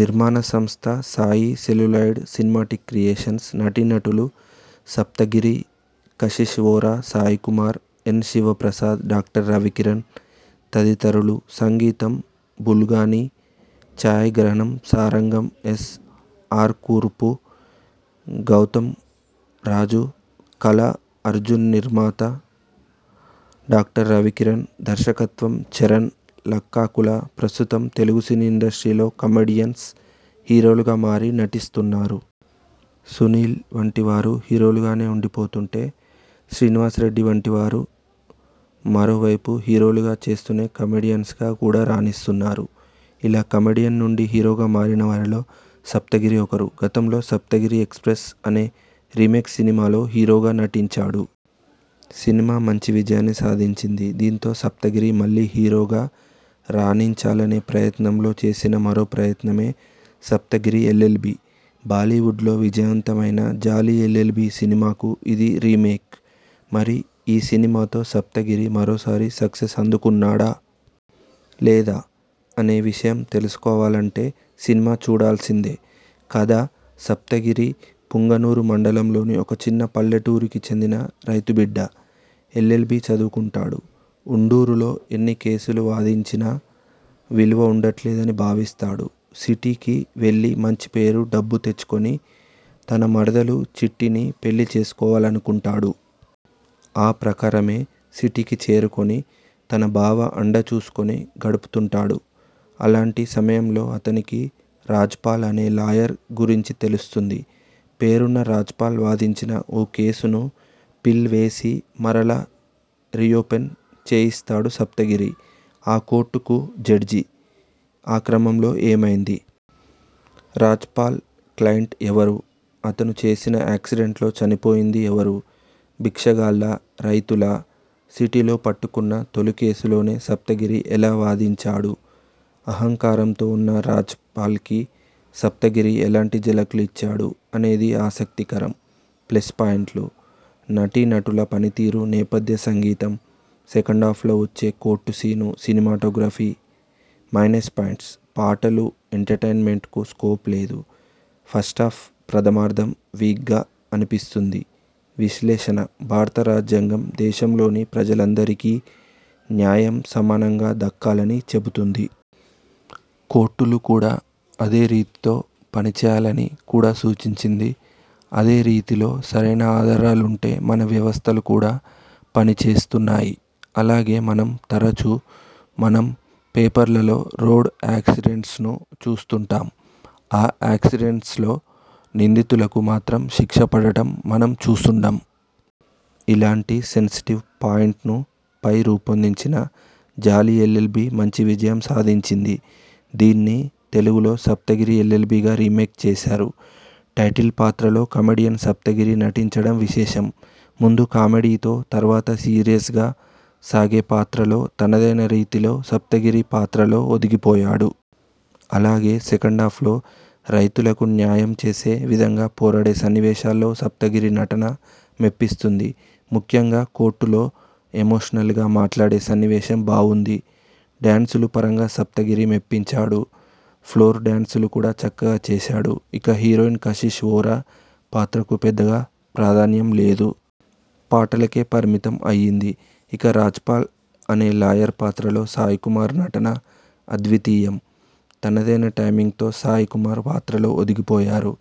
నిర్మాణ సంస్థ Sai celluloid cinematic creations నటీ నటులు సప్తగిరి, కశిష్ వోరా, సాయి కుమార్, ఎన్. శివప్రసాద్, డా. రవి కిరణ్ తదితరులు సంగీతం బుల్గాని ఛాయాగ్రహణం సారంగం ఎస్. ఆర్కూర్పు గౌతం రాజుకళ అర్జున్నిర్మాత డా. రవికిరణ్ ధర్శకత్వం చరణ్ లక్కాకుల ప్రస్తుతం తెలుగు సినీ ఇండస్ట్రీలో కమెడియన్స్ హీరోలుగా మారి నటిస్తున్నారు. సునీల్ వంటి వారు హీరోలు గానే ఉండి పోతుంటే, శ్రీనివాస రెడ్డి వంటి వారు మరో వైపు హీరోలుగా చేస్తూనే కమెడియన్స్గా కూడా రాణిస్తున్నారు. ఇలా కమెడియన్ నుండి హీరోగా మారిన వారిలో సప్తగిరి ఒకరు. గతంలో సప్తగిరి ఎక్స్ప్రెస్ అనే రీమేక్ సినిమాలో హీరోగా నటించాడు. సినిమా మంచి విజయాన్ని సాధించింది. దీంతో సప్తగిరి మళ్లీ హీరోగా రాణించాలనే ప్రయత్నంలో చేసిన మరో ప్రయత్నమే సప్తగిరి ఎల్. ఎల్. బి. బాలీవుడ్లో విజయవంతమైన జాలీ ఎల్. ఎల్. బి సినిమాకు ఇది రీమేక్. మరి ఈ సినిమాతో సప్తగిరి మరోసారి సక్సెస్ అందుకున్నాడా? లేదా? అనే విషయం తెలుసు కోవాలంటే సినిమా చూడాల్సిందే. కథ సప్తగిరి పుంగనూరు మండలంలోని ఒక చిన్న పల్లెటూరికి చెందిన రైతు బిడ్డ. ఎల్ ఎల్ బీ చదువుకుంటాడు. ఉండూరులో ఎన్ని కేసులు వాదించినా విలువ ఉండట్లేదని భావిస్తాడు. సిటీకి వెళ్లి మంచి పేరు, డబ్బు తెచ్చుకుని తన మరదలు చిట్టి ని పెళ్లి చేసుకోవాలనుకుంటాడు. ఆ ప్రకారమే సిటీకి చేరుకుని తన బావ అండ చూసుకుని గడుపుతుంటాడు. అలాంటి సమయంలో అతనికి రాజ్ పాల్ అనే లాయర్ గురించి తెలుస్తుంది. పేరున్న రాజ్పాల్ వాదించిన ఓ కేసును పిల్ వేసి మరలా రియోపన్ చేయిస్తాడు సప్తగిరి. ఆ కోర్టుకు జడ్జి. ఆ క్రమంలో ఏమైంది? రాజ్పాల్ క్లైంట్ ఎవరు? అతను చేసిన యాక్సిడెంట్లో చనిపోయింది ఎవరు? భిక్షగాళ్లా? రైతులా? సిటీలో పట్టుకున్న తొలి కేసులోనే సప్తగిరి ఎలా వాదించాడు? అహంకారంతో ఉన్న రాజ్పాల్కి సప్తగిరి ఎలాంటి ఝలక్లు ఇచ్చాడు? అనేది ఆసక్తి కరం. ప్లస్ పాయింట్స్, నటీ నటుల పనితీరు, నేపథ్య సంగీతం, సెకండాఫ్లో వచ్చే court scene, cinematography minus points పాటలు, ఎంటర్టైన్మెంట్ కు స్కోప్ లేదు, ఫస్టాఫ్ ప్రథమార్థం వీక్గా అనిపిస్తుంది విశ్లేషణ భారత రాజ్యాంగం దేశంలోని ప్రజలందరికీ న్యాయం సమానంగా దక్కాలని చెబుతుంది. కోర్టులు కూడా అదే రీతితో పని చేయాలని కూడా సూచించింది. అదే రీతిలో సరైన ఆధారాలుంటే మన వ్యవస్థలు కూడా పని చేస్తున్నాయి. అలాగే మనం తరుచు మనం పేపర్లలో రోడ్ యాక్సిడెంట్స్ను చూస్తుంటాం. ఆ యాక్సిడెంట్స్లో నిందితులకు మాత్రం శిక్ష పడటం మనం చూసుండం. ఇలాంటి సెన్సిటివ్ పాయింట్ను పై రూపొందిన జాలీ ఎల్. ఎల్. బి మంచి విజయం సాధించింది. దీన్ని తెలుగులో సప్తగిరి ఎల్. ఎల్. బిగా రీమేక్ చేశారు. టైటిల్ పాత్రలో కమెడియన్ సప్తగిరి నటించడం విశేషం. ముందు కామెడీతో తర్వాత సీరియస్గా సాగే పాత్రలో తనదైన రీతిలో సప్తగిరి పాత్రలో ఒదిగి పోయాడు. అలాగే సెకండాఫ్లో రైతులకు న్యాయం చేసే విధంగా పోరాడే సన్నివేశాల్లో సప్తగిరి నటన మెప్పిస్తుంది. ముఖ్యంగా కోర్టులో ఎమోషనల్గా మాట్లాడే సన్నివేశం బావుంది. డ్యాన్సులు పరంగా సప్తగిరి మెప్పించాడు. ఫ్లోర్ డ్యాన్సులు కూడా చక్కగా చేశాడు. ఇక హీరోయిన్ కశిష్ వోరా పాత్రకు పెద్దగా ప్రాధాన్యం లేదు. పాటలకే పరిమితం అయ్యింది. ఇక రాజ్పాల్ అనే లాయర్ పాత్రలో సాయి కుమార్ నటన అద్వితీయం. తనదైన టైమింగ్తో సాయి కుమార్ పాత్రలో ఒదిగి పోయారు.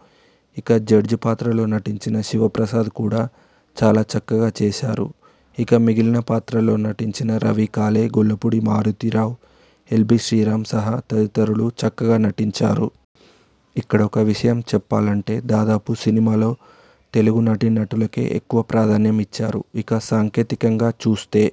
ఇక జడ్జ్ పాత్రలో నటించిన శివప్రసాద్ కూడా చాలా చక్కగా చేశారు. ఇక మిగిలిన పాత్రల్లో నటించిన రవికాలే, గొల్లపూడి మారుతీ రావు, ఎల్బీ శ్రీరాం సహా తదితరులు చక్కగా నటించారు. ఇక్కడొక విషయం చెప్పాలంటే, దాదాపు సినిమాలో తెలుగు నటీ నటులకే ఎక్కువ ప్రాధానం ఇచ్చారు. ఇక సాంకేతికంగా చూస్తే.